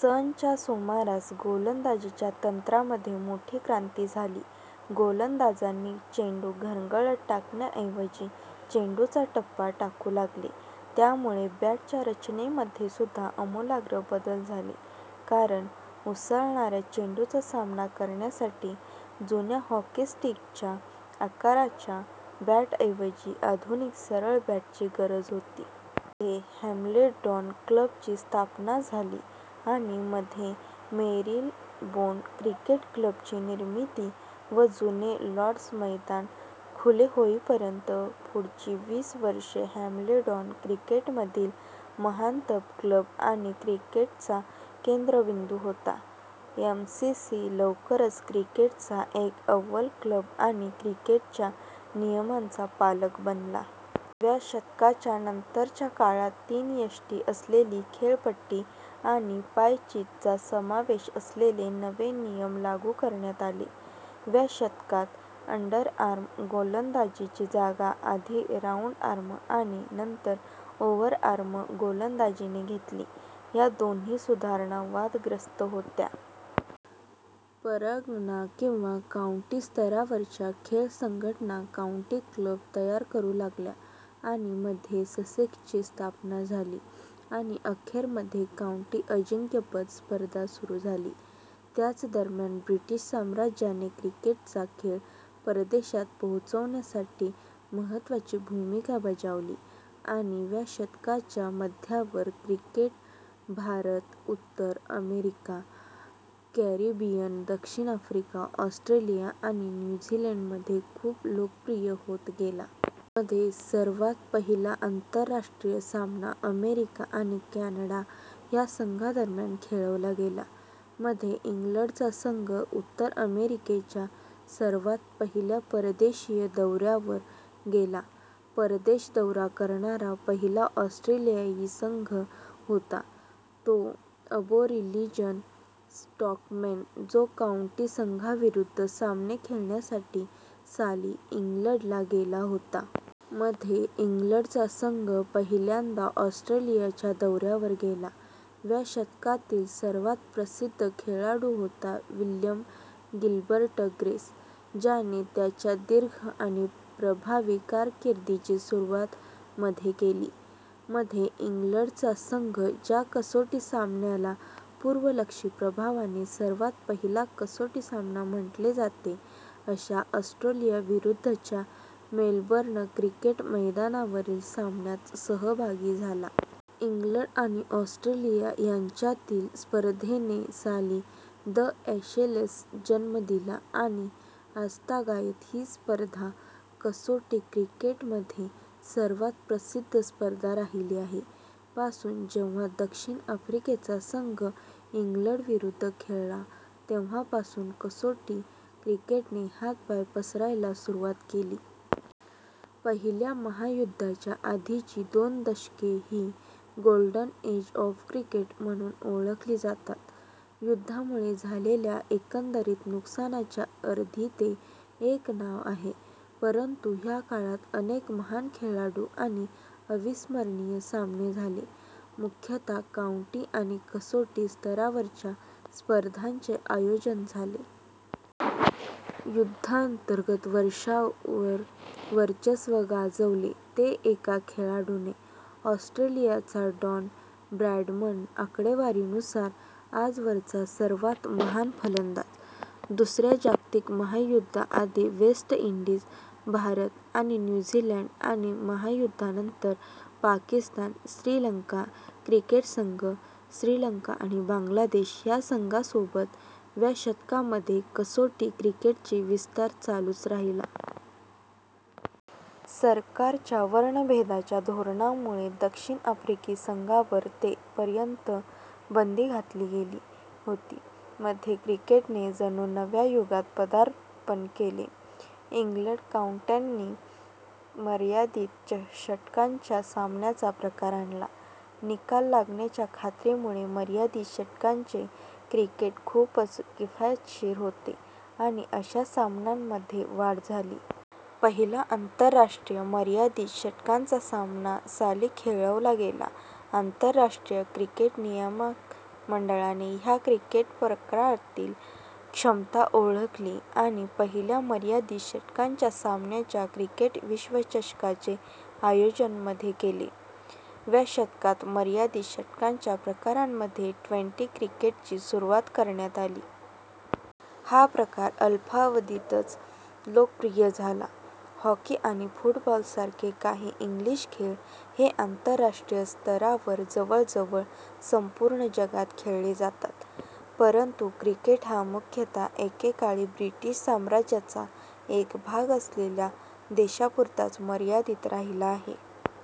सन च्या सुमारास गोलंदाजीच्या तंत्रामध्ये मोठी क्रांती झाली. गोलंदाजांनी चेंडू घरंगळत टाकण्याऐवजी चेंडूचा टप्पा टाकू लागले. त्यामुळे बॅटच्या रचनेमध्ये सुद्धा अमुलाग्र बदल झाले कारण, उसळणाऱ्या चेंडूचा सामना करण्यासाठी जुन्या "हॉकी स्टिक"च्या आकाराच्या बॅटऐवजी आधुनिक सरळ बॅटची गरज होती. मध्ये हॅम्ब्लेडॉन क्लबची स्थापना झाली आणि मध्ये मेरीलबोन क्रिकेट क्लब ची निर्मिती व जुने लाॅर्ड्ज मैदान खुले होईपर्यंत पुढची वीस वर्षे, हॅम्ब्लेडॉन क्रिकेटमधील महानतम क्लब आणि क्रिकेटचा केंद्रबिंदू होता. एमसीसी लवकरच क्रिकेटचा एक अव्वल क्लब आणि क्रिकेटच्या नियमांचा पालक बनला. व्या शतकाच्या नंतरच्या काळात तीन यष्टी असलेली खेळपट्टी आणि पायचीतचा समावेश असलेले नवे नियम लागू करण्यात आले. व्या शतकात अंडरआर्म गोलंदाजीची जागा आधी राउंडआर्म आणि नंतर ओव्हरआर्म गोलंदाजीने घेतली. ह्या दोन्ही सुधारणा वादग्रस्त होत्या. परगणा किंवा काऊंटी स्तरावरच्या खेळ संघटना काऊंटी क्लब तयार करू लागल्या आणि मध्ये ससेक्सची स्थापना झाली, आणि अखेर मध्ये काउंटी अजिंक्यपद स्पर्धा सुरू झाली. त्याचदरम्यान ब्रिटिश साम्राज्याने क्रिकेटचा खेळ परदेशात पोहोचण्यासाठी महत्त्वाची भूमिका बजावली आणि व्या शतकाच्या मध्यावर क्रिकेट भारत, उत्तर अमेरिका, कॅरेबियन, दक्षिण आफ्रिका, ऑस्ट्रेलिया आणि न्यू झीलंडमध्ये खूप लोकप्रिय होत गेला. मध्ये, सर्वात पहिला आंतरराष्ट्रीय सामना अमेरिका आणि कॅनडा ह्या संघांदरम्यान खेळवला गेला. मध्ये, इंग्लंडचा संघ, उत्तर अमेरिकेच्या, सर्वात पहिल्या परदेशी दौऱ्यावर गेला. परदेश दौरा करणारा पहिला ऑस्ट्रेलियाई संघ होता तो अबोरिजिनल स्टॉकमेन, जो काऊंटी संघांविरुद्ध सामने खेळण्यासाठी साली इंग्लंडला गेला होता.. मध्ये, इंग्लडचा संघ पहिल्यांदा ऑस्ट्रेलियाच्या दौऱ्यावर गेला. व्या शतकातील सर्वात प्रसिद्ध खेळाडू होता विल्यम गिल्बर्ट ग्रेस, ज्याने त्याच्या दीर्घ आणि प्रभावी कारकिर्दीची सुरुवात मध्ये केली. - मध्ये, इंग्लंडचा संघ ज्या कसोटी सामन्याला पूर्वलक्षी प्रभावाने सर्वात पहिला कसोटी सामना म्हणले जाते अशा ऑस्ट्रेलियाविरुद्धच्या मेलबर्न क्रिकेट मैदानावरील सामन्यात सहभागी झाला. इंग्लंड आणि ऑस्ट्रेलिया यांच्यातील स्पर्धेने साली द ॲशेसला जन्म दिला आणि आजतागायत ही स्पर्धा कसोटी क्रिकेटमध्ये सर्वात प्रसिद्ध स्पर्धा राहिली आहे. - पासून जेव्हा दक्षिण आफ्रिकेचा संघ इंग्लंडविरुद्ध खेळला तेव्हा पासून कसोटी क्रिकेटने हातपाय पसरायला सुरुवात केली. पहिल्या महायुद्धाच्या आधीची दोन दशके ही " गोल्डन एज ऑफ क्रिकेट " म्हणून ओळखली जातात. युद्धामुळे झालेल्या एकंदरीत नुकसानाच्या अर्थी ते एक नाव आहे, परंतु ह्या काळात अनेक महान खेळाडू आणि अविस्मरणीय सामने झाले, मुख्यतः काऊंटी आणि कसोटी स्तरावरच्या स्पर्धांचे आयोजन झाले. युद्धांतर्गत वर्षांवर वर्चस्व गाजवले ते एका खेळाडूने: ऑस्ट्रेलियाचा डॉन ब्रॅडमन, आकडेवारीनुसार आजवरचा सर्वात महान फलंदाज. दुसऱ्या जगातिक महायुद्धाआधी वेस्ट इंडीज, भारत आणि न्यू झीलंड आणि महायुद्धानंतर पाकिस्तान, श्रीलंका क्रिकेट संघ श्रीलंका आणि बांगलादेश ह्या संघासोबत व्या शतकामध्ये कसोटी क्रिकेटची विस्तार चालूच राहिला. सरकारच्या वर्णभेदाच्या धोरणामुळे दक्षिण आफ्रिकी संघावर ते पर्यंत बंदी घातली गेली होती. मध्ये क्रिकेटने जणू नव्या युगात पदार्पण केले. इंग्लंड काऊंट्यांनी मर्यादित षटकांच्या सामन्यांचा प्रकार आणला. निकाल लागण्याच्या खात्रीमुळे, मर्यादित षटकांचे क्रिकेट खूपच किफायतशीर होते आणि अशा सामन्यांमध्ये वाढ झाली. पहिला आंतरराष्ट्रीय मर्यादित षटकांचा सामना साली खेळवला गेला. आंतरराष्ट्रीय क्रिकेट नियामक मंडळाने ह्या क्रिकेट प्रकारातील क्षमता ओळखली आणि पहिल्या मर्यादित षटकांच्या सामन्याच्या क्रिकेट विश्वचषकाचे आयोजन मध्ये केले. व्या शतकात मर्यादित षटकांच्या प्रकारामध्ये ट्वेंटी क्रिकेटची सुरुवात करण्यात आली. हा प्रकार अल्पावधीतच लोकप्रिय झाला. हॉकी आणि फुटबॉलसारखे काही इंग्लिश खेळ हे आंतरराष्ट्रीय स्तरावर जवळजवळ संपूर्ण जगात खेळले जातात, परंतुक्रिकेट हा मुख्यत: एके काळी ब्रिटिश साम्राज्याचा एक भाग असलेल्या देशांपुरताच मर्यादित राहिला आहे.